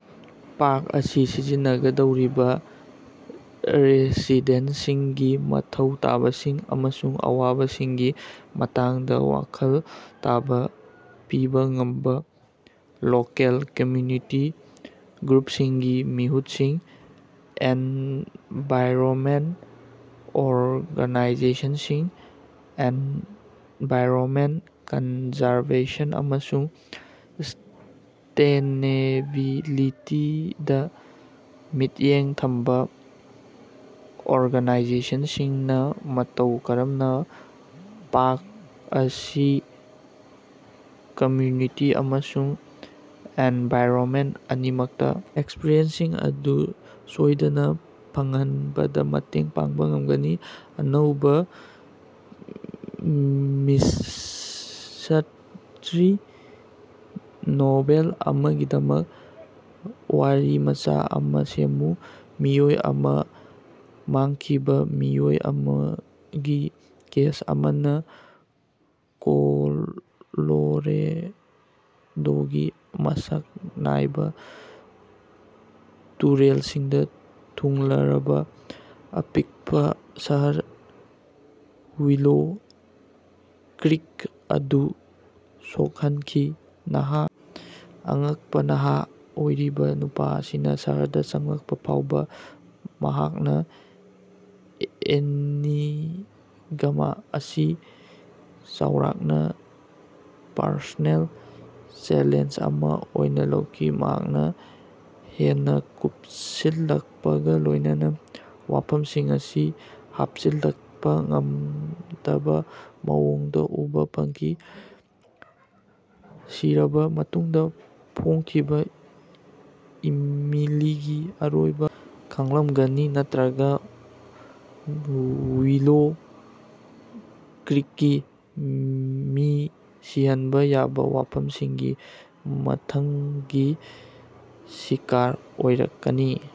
Park ꯑꯁꯤ ꯁꯤꯖꯤꯟꯅꯒꯗꯧꯔꯤꯕ ꯔꯦꯁꯤꯗꯦꯟꯇꯁꯤꯡꯒꯤ ꯃꯊꯧ ꯇꯥꯕꯁꯤꯡ ꯑꯃꯁꯨꯡ ꯑꯋꯥꯕꯁꯤꯡꯒꯤ ꯃꯇꯥꯡꯗꯥ ꯋꯥꯈꯜ ꯇꯥꯕ ꯄꯤꯕꯥ ꯉꯝꯕ ꯂꯣꯀꯦꯜ ꯀꯝꯌꯨꯅꯤꯇꯤ ꯒ꯭ꯔꯨꯞꯁꯤꯡꯒꯤ ꯃꯤꯍꯨꯠꯁꯤꯡ꯫ꯑꯦꯟꯚꯥꯏꯔꯣꯃꯦꯟꯠ ꯑꯣꯔꯒꯥꯅꯥꯏꯖꯦꯁꯟꯁꯤꯡ ꯑꯦꯟꯚꯥꯏꯔꯣꯃꯦꯟꯠ ꯀꯟꯖꯥꯔꯕꯦꯁꯟ ꯑꯃꯁꯨꯡ ꯁꯁ꯭ꯇꯦꯅꯦꯕꯤꯂꯤꯇꯤꯗꯥ ꯃꯤꯠꯌꯦꯡ ꯊꯝꯕ ꯑꯣꯔꯒꯥꯅꯥꯏꯖꯦꯁꯟꯁꯤꯡꯅꯥ ꯃꯇꯧ ꯀꯔꯝꯅꯥ ꯄꯥꯛ ꯑꯁꯤ ꯀꯝꯌꯨꯅꯤꯇꯤ ꯑꯃꯁꯨꯡ ꯑꯦꯟꯚꯥꯏꯔꯣꯃꯦꯟꯠ ꯑꯅꯤꯃꯛꯇꯥ ꯑꯦꯁ꯭ꯄꯤꯔꯦꯁꯟꯁꯤꯡ ꯑꯗꯨ ꯁꯣꯏꯗꯅꯥ ꯐꯪꯍꯟꯕꯗꯥ ꯃꯇꯦꯡ ꯄꯥꯡꯕ ꯉꯝꯒꯅꯤ꯫ ꯑꯅꯧꯕꯥ ꯃꯤꯁ꯭ꯠꯔꯤ ꯅꯣꯚꯦꯜ ꯑꯃꯥꯒꯤꯗꯃꯛ ꯋꯥꯔꯤꯃꯆꯥ ꯑꯃꯥ ꯁꯦꯝꯃꯨ꯫ ꯃꯤꯑꯣꯏ ꯑꯃꯥ ꯃꯥꯡꯈꯤꯕ ꯃꯤꯑꯣꯏ ꯑꯃꯒꯤ ꯀꯦꯁ ꯑꯃꯅꯥ ꯀꯣꯂꯣꯔꯦꯗꯣꯒꯤ ꯃꯁꯛ ꯅꯥꯏꯕ ꯇꯨꯔꯦꯜꯁꯤꯡꯗꯥ ꯊꯨꯡꯂꯔꯕꯥ ꯑꯄꯤꯛꯄꯥ ꯁꯍꯔ ꯋꯤꯂꯣ ꯀ꯭ꯔꯤꯛ ꯑꯗꯨ ꯁꯣꯛꯍꯟꯈꯤ꯫ ꯅꯍꯥ ꯑꯉꯛꯄꯥ ꯅꯍꯥ ꯑꯣꯏꯔꯤꯕ ꯅꯨꯄꯤ ꯑꯃꯅꯥ ꯁꯍꯔꯗꯥ ꯆꯪꯂꯛꯄꯥ ꯐꯥꯎꯕ꯫ ꯃꯍꯥꯛꯅꯥ ꯑꯦꯅꯤꯒ꯭ꯃꯥ ꯑꯁꯤ ꯆꯥꯎꯔꯥꯛꯅꯥ ꯄꯔꯁꯣꯅꯦꯜ ꯆꯦꯂꯦꯟꯖ ꯑꯃꯥ ꯑꯣꯏꯅꯥ ꯂꯧꯈꯤ꯫ ꯃꯍꯥꯛꯅꯥ ꯍꯦꯟꯅꯥ ꯀꯨꯞꯁꯤꯜꯂꯛꯄꯒꯥ ꯂꯣꯏꯅꯅꯥ ꯋꯥꯐꯝꯁꯤꯡ ꯑꯁꯤ ꯍꯥꯞꯆꯤꯜꯂꯛꯄꯥ ꯉꯝꯗꯕꯥ ꯃꯑꯣꯡꯗꯥ ꯎꯕꯥ ꯐꯪꯈꯤ꯫ ꯁꯤꯔꯕꯥ ꯃꯇꯨꯡꯗꯥ ꯐꯣꯡꯈꯤꯕꯥ ꯏꯃꯤꯂꯤꯒꯤ ꯑꯔꯣꯏꯕꯥ ꯈꯪꯂꯝꯒꯅꯤ ꯅꯠꯇ꯭ꯔꯒꯥ ꯋꯤꯂꯣ ꯀ꯭ꯔꯤꯛꯀꯤ ꯃꯤ ꯁꯤꯍꯟꯕꯥ ꯌꯥꯕ ꯋꯥꯐꯝꯁꯤꯡꯒꯤ ꯃꯊꯪꯒꯤ ꯁꯤꯀꯥꯔ ꯑꯣꯏꯔꯛꯀꯅꯤ꯫